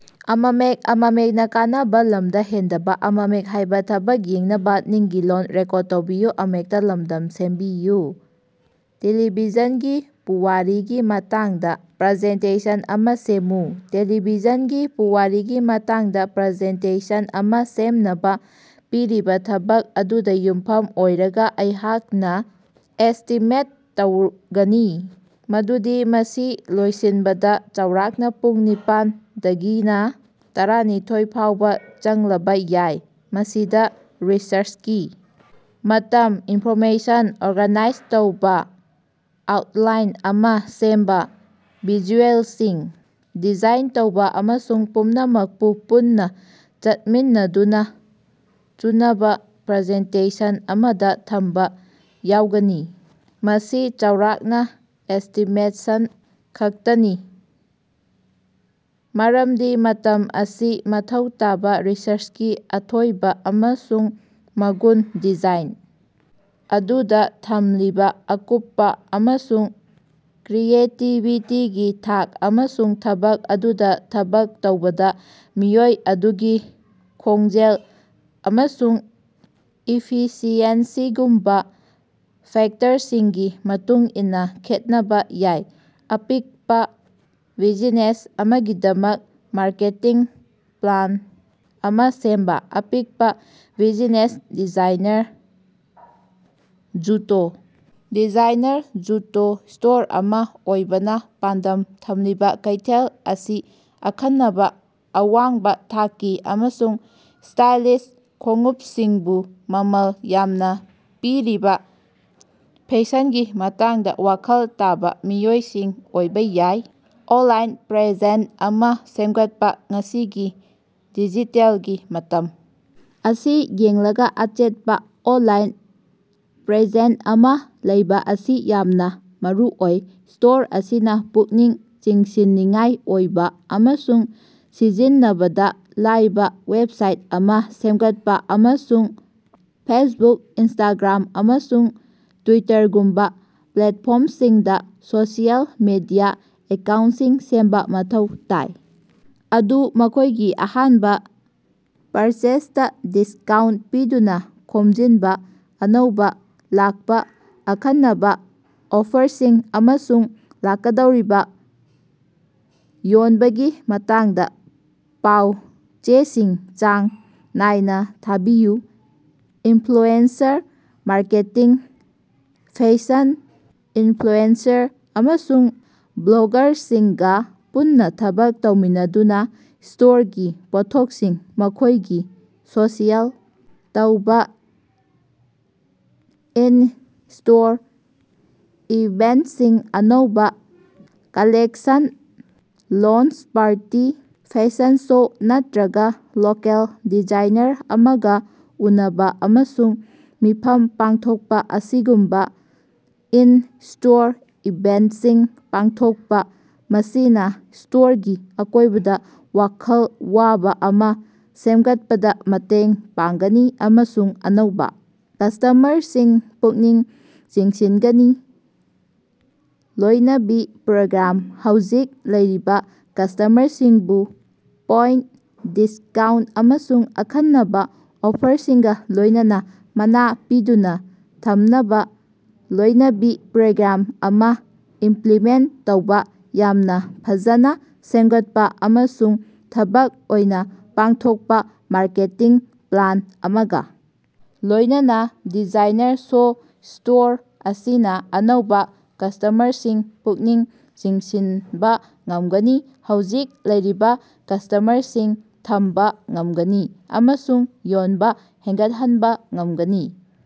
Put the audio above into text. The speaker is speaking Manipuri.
ꯇꯦꯂꯤꯚꯤꯖꯟꯒꯤ ꯄꯨꯋꯥꯔꯤꯒꯤ ꯃꯇꯥꯡꯗ ꯄ꯭ꯔꯖꯦꯟꯇꯦꯁꯟ ꯑꯃ ꯁꯦꯝꯃꯨ꯫ ꯇꯦꯂꯤꯚꯤꯖꯟꯒꯤ ꯄꯨꯋꯥꯔꯤꯒꯤ ꯃꯇꯥꯡꯗ ꯄ꯭ꯔꯖꯦꯟꯇꯦꯁꯟ ꯑꯃ ꯁꯦꯝꯅꯕꯥ ꯄꯤꯔꯤꯕ ꯊꯕꯛ ꯑꯗꯨꯗ ꯌꯨꯝꯐꯝ ꯑꯣꯏꯔꯒ ꯑꯩꯍꯥꯛꯅ ꯑꯦꯁꯇꯤꯃꯦꯠ ꯇꯧꯒꯅꯤ ꯃꯗꯨꯗꯤ ꯃꯁꯤ ꯂꯣꯏꯁꯤꯟꯕꯗꯥ ꯆꯥꯎꯔꯥꯛꯅ ꯄꯨꯡ ꯅꯤꯄꯥꯟ ꯗꯒꯤꯅ ꯇꯔꯥꯅꯤꯊꯣꯏ ꯐꯥꯎꯕꯥ ꯆꯪꯂꯕ ꯌꯥꯏ꯫ ꯃꯁꯤꯗ ꯔꯤꯁ꯭ꯔꯆꯀꯤ ꯃꯇꯝ, ꯏꯟꯐꯣꯔꯃꯦꯁꯟ ꯑꯣꯔꯒꯅꯥꯏꯖ ꯇꯧꯕ, ꯑꯥꯎꯠꯂꯥꯏꯟ ꯑꯃ ꯁꯦꯝꯕ, ꯚꯤꯖꯨꯑꯦꯜꯁꯤꯡ ꯗꯤꯖꯥꯏꯟ ꯇꯧꯕ ꯑꯃꯁꯨꯡ ꯄꯨꯝꯅꯃꯛꯄꯨ ꯄꯨꯟꯅ ꯆꯠꯃꯤꯟꯅꯗꯨꯅ ꯆꯨꯅꯕ ꯄ꯭ꯔꯖꯦꯟꯇꯦꯁꯟ ꯑꯃꯗ ꯊꯝꯕ ꯌꯥꯎꯒꯅꯤ꯫ ꯃꯁꯤ ꯆꯥꯎꯔꯥꯛꯅ ꯑꯦꯁꯇꯤꯃꯦꯁꯟ ꯈꯛꯇꯅꯤ ꯃꯔꯝꯗꯤ ꯃꯇꯝ ꯑꯁꯤ ꯃꯊꯧ ꯇꯥꯕ ꯔꯤꯁ꯭ꯔꯆꯀꯤ ꯑꯊꯣꯏꯕ ꯑꯃꯁꯨꯡ ꯃꯒꯨꯟ, ꯗꯤꯖꯥꯏꯟ ꯑꯗꯨꯗ ꯊꯝꯂꯤꯕ ꯑꯀꯨꯞꯄ ꯑꯃꯁꯨꯡ ꯀ꯭ꯔꯤꯌꯦꯇꯤꯕꯤꯇꯤꯒꯤ ꯊꯥꯛ, ꯑꯃꯁꯨꯡ ꯊꯕꯛ ꯑꯗꯨꯗ ꯊꯕꯛ ꯇꯧꯕꯗ ꯃꯤꯑꯣꯏ ꯑꯗꯨꯒꯤ ꯈꯣꯡꯖꯦꯜ ꯑꯃꯁꯨꯡ ꯏꯐꯤꯁꯤꯑꯦꯟꯁꯤꯒꯨꯝꯕꯥ ꯐꯦꯛꯇꯔꯁꯤꯡꯒꯤ ꯃꯇꯨꯡ ꯏꯟꯅ ꯈꯦꯠꯅꯕꯥ ꯌꯥꯏ꯫ ꯑꯄꯤꯛꯄ ꯕꯤꯖꯤꯅꯦꯁ ꯑꯃꯒꯤꯗꯃꯛ ꯃꯥꯔꯀꯦꯇꯤꯡ ꯄ꯭ꯂꯥꯟ ꯑꯃ ꯁꯦꯝꯕ꯫ ꯑꯄꯤꯛꯄ ꯕꯤꯖꯤꯅꯦꯁ - ꯗꯤꯖꯥꯏꯅꯔ ꯖꯨꯇꯣ ꯗꯤꯖꯥꯏꯅꯔ ꯖꯨꯇꯣ ꯁ꯭ꯇꯣꯔ ꯑꯃ ꯑꯣꯏꯕꯅ ꯄꯥꯟꯗꯝ ꯊꯝꯂꯤꯕ ꯀꯩꯊꯦꯜ ꯑꯁꯤ ꯑꯈꯟꯅꯕꯥ, ꯑꯋꯥꯡꯕ ꯊꯥꯛꯀꯤ ꯑꯃꯁꯨꯡ ꯁ꯭ꯇꯥꯏꯂꯤꯁ ꯈꯣꯡꯎꯞꯁꯤꯡꯕꯨ ꯃꯃꯜ ꯌꯥꯝꯅ ꯄꯤꯔꯤꯕ ꯐꯦꯁꯟꯒꯤ ꯃꯇꯥꯡꯗ‌ ꯋꯥꯈꯜ ꯇꯥꯕ ꯃꯤꯑꯣꯏꯁꯤꯡ ꯑꯣꯏꯕ ꯌꯥꯏ꯫ ꯑꯣꯟꯂꯥꯏꯟ ꯄ꯭ꯔꯦꯖꯦꯟ ꯑꯃ ꯁꯦꯝꯒꯠꯄ - ꯉꯁꯤꯒꯤ ꯗꯤꯖꯤꯇꯦꯜꯒꯤ ꯃꯇꯝ ꯑꯁꯤ ꯌꯦꯡꯂꯒꯥ, ꯑꯆꯦꯠꯄ ꯑꯣꯟꯂꯥꯏꯟ ꯄ꯭ꯔꯦꯖꯦꯟ ꯑꯃ ꯂꯩꯕ ꯑꯁꯤ ꯌꯥꯝꯅ ꯃꯔꯨꯑꯣꯏ꯫ ꯁ꯭ꯇꯣꯔ ꯑꯁꯤꯅ ꯄꯨꯛꯅꯤꯡ ꯆꯤꯡꯁꯤꯟꯅꯤꯡꯉꯥꯏ ꯑꯣꯏꯕ ꯑꯃꯁꯨꯡ ꯁꯤꯖꯤꯟꯅꯕꯗ ꯂꯥꯏꯕ ꯋꯦꯕꯁꯥꯏꯠ ꯑꯃ ꯁꯦꯝꯒꯠꯄ ꯑꯃꯁꯨꯡ ꯐꯦꯁꯕꯨꯛ, ꯏꯟꯁꯇꯥꯒ꯭ꯔꯥꯝ, ꯑꯃꯁꯨꯡ ꯇ꯭ꯌꯨꯇꯔꯒꯨꯝꯕ ꯄ꯭ꯂꯦꯠꯐꯣ꯭ꯔꯝꯁꯤꯡꯗ ꯁꯣꯁꯤꯑꯦꯜ ꯃꯦꯗꯤꯌꯥ ꯑꯦꯀꯥꯎꯟꯇꯁꯤꯡ ꯁꯦꯝꯕ ꯃꯊꯧ ꯇꯥꯏ꯫ ꯑꯗꯨ ꯃꯈꯣꯏꯒꯤ ꯑꯍꯥꯟꯕ ꯄꯔꯆꯦꯖꯗꯥ ꯗꯤꯁꯀꯥꯎꯟꯇ ꯄꯤꯗꯨꯅ ꯈꯣꯝꯖꯤꯟꯕ꯫ ꯑꯅꯧꯕ ꯂꯥꯛꯄ, ꯑꯈꯟꯅꯕꯥ ꯑꯣꯐꯔꯁꯤꯡ, ꯑꯃꯁꯨꯡ ꯂꯥꯛꯀꯗꯧꯔꯤꯕ ꯌꯣꯟꯕꯒꯤ ꯃꯇꯥꯡꯗ ꯄꯥꯎ-ꯆꯦꯁꯤꯡ ꯆꯥꯡ ꯅꯥꯏꯅ ꯊꯥꯕꯤꯌꯨ꯫ ꯏꯟꯐ꯭ꯂꯨꯑꯦꯟꯁꯔ ꯃꯥꯔꯀꯦꯇꯤꯡ - ꯐꯦꯁꯟ ꯏꯟꯐ꯭ꯂꯨꯑꯦꯟꯁꯔ ꯑꯃꯁꯨꯡ ꯕ꯭ꯂꯣꯒꯥꯔꯁꯤꯡꯒ ꯄꯨꯟꯅ ꯊꯕꯛ ꯇꯧꯃꯤꯟꯅꯗꯨꯅ ꯁ꯭ꯇꯣꯔꯒꯤ ꯄꯣꯠꯊꯣꯠꯁꯤꯡ ꯃꯈꯣꯏꯒꯤ ꯁꯣꯁꯤꯑꯦꯜ ꯇꯧꯕ꯫ ꯏꯟ-ꯁ꯭ꯇꯣꯔ ꯏꯚꯦꯟꯇꯁꯤꯡ - ꯑꯅꯧꯕ collection launch party, fashion show, ꯅꯠꯇꯔꯒ ꯂꯣꯀꯦꯜ ꯗꯤꯖꯥꯏꯅꯔ ꯑꯃꯒ ꯎꯅꯕꯥ ꯑꯃꯁꯨꯡ ꯃꯤꯐꯝ ꯄꯥꯡꯊꯣꯛꯄ ꯑꯁꯤꯒꯨꯝꯕ ꯏꯟ-ꯁ꯭ꯇꯣꯔ ꯏꯚꯦꯟꯇꯁꯤꯡ ꯄꯥꯡꯊꯣꯛꯄ꯫ ꯃꯁꯤꯅ ꯁ꯭ꯇꯣꯔꯒꯤ ꯑꯀꯣꯏꯕꯗꯥ ꯋꯥꯈꯜ ꯋꯥꯕ ꯑꯃ ꯁꯦꯝꯒꯠꯄꯗ ꯃꯇꯦꯡ ꯄꯥꯡꯒꯅꯤ ꯑꯃꯁꯨꯡ ꯑꯅꯧꯕ ꯀꯁ꯭ꯇꯃꯔꯁꯤꯡ ꯄꯨꯛꯅꯤꯡ ꯆꯤꯡꯁꯤꯟꯒꯅꯤ꯫ ꯂꯣꯏꯅꯕꯤ ꯄ꯭ꯔꯣꯒ꯭ꯔꯥꯝ - ꯍꯧꯖꯤꯛ ꯂꯩꯔꯤꯕ ꯀꯁ꯭ꯇꯃꯔꯁꯤꯡꯕꯨ ꯄꯣꯏꯟꯇ, ꯗꯤꯁꯀꯥꯎꯟꯇ ꯑꯃꯁꯨꯡ ꯑꯈꯟꯅꯕ ꯑꯣꯐꯔꯁꯤꯡꯒ ꯂꯣꯏꯅꯅꯥ ꯃꯅꯥ ꯄꯤꯗꯨꯅ ꯊꯝꯅꯕꯥ ꯂꯣꯏꯅꯕꯤ ꯄ꯭ꯔꯣꯒ꯭ꯔꯥꯝ ꯑꯃ ꯏꯝꯄ꯭ꯂꯤꯃꯦꯟꯇ ꯇꯧꯕ꯫ ꯌꯥꯝꯅ ꯐꯖꯅ‌ ꯁꯦꯝꯒꯠꯄ ꯑꯃꯁꯨꯡ ꯊꯕꯛ ꯑꯣꯏꯅ ꯄꯥꯡꯊꯣꯛꯄ ꯃꯥꯔꯀꯦꯇꯤꯡ ꯄ꯭ꯂꯥꯟ ꯑꯃꯒ ꯂꯣꯏꯅꯅꯥ ꯗꯤꯖꯥꯏꯅꯔ ꯁꯣ ꯁ꯭ꯇꯣꯔ ꯑꯁꯤꯅ ꯑꯅꯧꯕ ꯀꯁ꯭ꯇꯃꯔꯁꯤꯡ ꯄꯨꯛꯅꯤꯡ ꯆꯤꯡꯁꯤꯟꯕ ꯉꯝꯒꯅꯤ, ꯍꯧꯖꯤꯛ ꯂꯩꯔꯤꯕ ꯀꯁ꯭ꯇꯃꯔꯁꯤꯡ ꯊꯝꯕ ꯉꯝꯒꯅꯤ ꯑꯃꯁꯨꯡ ꯌꯣꯟꯕ ꯍꯦꯟꯒꯠꯍꯟꯕ ꯉꯝꯒꯅꯤ꯫